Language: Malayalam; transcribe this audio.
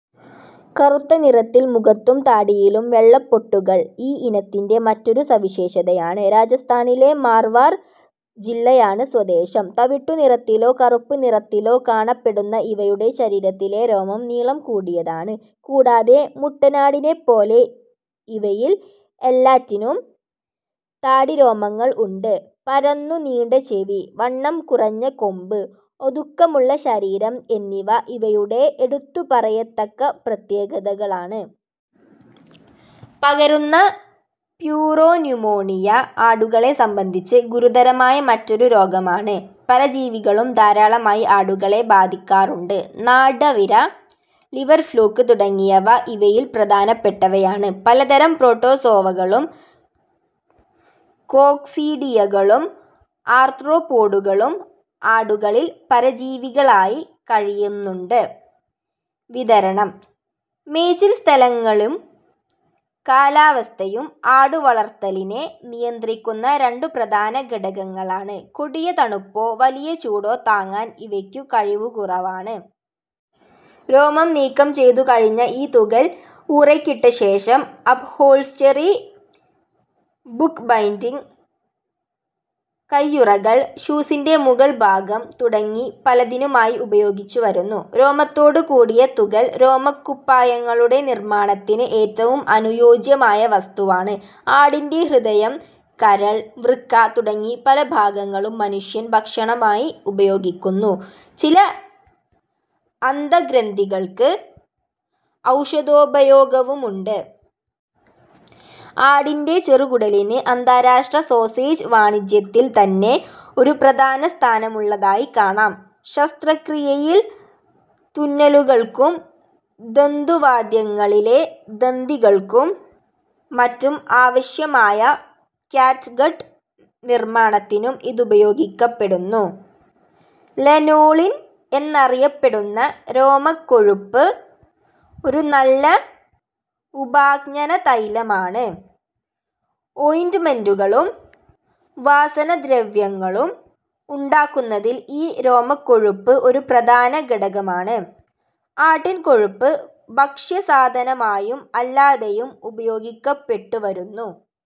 കറുത്ത നിറത്തിൽ മുഖത്തും താടിയിലും വെള്ളപ്പൊട്ടുകൾ ഈ ഇനത്തിന്റെ മറ്റൊരു സവിശേഷതയാണ്. രാജസ്ഥാനിലെ "മാർവാർ" ജില്ലയാണ് സ്വദേശം. തവിട്ടു നിറത്തിലോ കറുപ്പ് നിറത്തിലോ കാണപ്പെടുന്ന ഇവയുടെ ശരീരത്തിലെ രോമം നീളം കൂടിയതാണ്. കൂടാതെ മുട്ടനാടിനെപ്പോലെ ഇവയിൽ എല്ലാറ്റിനും താടിരോമങ്ങൾ ഉണ്ട്. പരന്നു നീണ്ട ചെവി, വണ്ണം കുറഞ്ഞ കൊമ്പ്, ഒതുക്കമുള്ള ശരീരം എന്നിവ ഇവയുടെ എടുത്തുപറയത്തക്ക പ്രത്യേകതകളാണ്. പകരുന്ന പ്യൂറോന്യുമോണിയ ആടുകളെ സംബന്ധിച്ച് ഗുരുതരമായ മറ്റൊരു രോഗമാണ്. പരജീവികളും ധാരാളമായി ആടുകളെ ബാധിക്കാറുണ്ട്. നാടവിര, ലിവർഫ്ലൂക്ക് തുടങ്ങിയവ ഇവയിൽ പ്രധാനപ്പെട്ടവയാണ്. പലതരം പ്രോട്ടോസോവകളും കോക്സീഡിയകളും ആർത്രോപ്പോഡുകളും ആടുകളിൽ പരജീവികളായി കഴിയുന്നുണ്ട്. വിതരണം. മേച്ചിൽസ്ഥലങ്ങളും കാലാവസ്ഥയും ആടുവളർത്തലിനെ നിയന്ത്രിക്കുന്ന രണ്ടു പ്രധാന ഘടകങ്ങളാണ്. കൊടിയ തണുപ്പോ വലിയ ചൂടോ താങ്ങാൻ ഇവയ്ക്കു കഴിവു കുറവാണ്. രോമം നീക്കംചെയ്തു കഴിഞ്ഞ ഈ തുകൽ ഊറയ്ക്കിട്ടശേഷം അപ്ഹോൾസ്റ്ററി, ബുക്ക് ബൈൻഡിംഗ്, കൈയുറകൾ, ഷൂസിന്റെ മുകൾഭാഗം തുടങ്ങി പലതിനുമായി ഉപയോഗിച്ചുവരുന്നു. രോമത്തോടുകൂടിയ തുകൽ രോമക്കുപ്പായങ്ങളുടെ നിർമ്മാണത്തിന് ഏറ്റവും അനുയോജ്യമായ വസ്തുവാണ്. ആടിന്റെ ഹൃദയം, കരൾ, വൃക്ക തുടങ്ങി പല ഭാഗങ്ങളും മനുഷ്യൻ ഭക്ഷണമായി ഉപയോഗിക്കുന്നു. ചില അന്തഃഗ്രന്ഥികൾക്ക് ഔഷധോപയോഗവുമുണ്ട്. ആടിന്റെ ചെറുകുടലിന് അന്താരാഷ്ട്ര 'സോസേജ്' വാണിജ്യത്തിൽത്തന്നെ ഒരു പ്രധാനസ്ഥാനമുളളതായി കാണാം. ശസ്ത്രക്രിയയിൽ തുന്നലുകൾക്കും, തന്തുവാദ്യങ്ങളിലെ തന്തികൾക്കും മറ്റും ആവശ്യമായ 'ക്യാറ്റ്ഗട്ട്' നിർമ്മാണത്തിനും ഇതുപയോഗിക്കപ്പെടുന്നു. 'ലനോളിൻ' എന്നറിയപ്പെടുന്ന രോമക്കൊഴുപ്പ് ഒരു നല്ല ഉപാഞ്ജനതൈല മാണ്. ഓയിന്റ്മെന്റുകളും വാസനദ്രവ്യങ്ങളും ഉണ്ടാക്കുന്നതിൽ ഈ രോമക്കൊഴുപ്പ് ഒരു പ്രധാന ഘടകമാണ്. ആട്ടിൻകൊഴുപ്പ് ഭക്ഷ്യസാധനമായും അല്ലാതെയും ഉപയോഗിക്കപ്പെട്ടുവരുന്നു.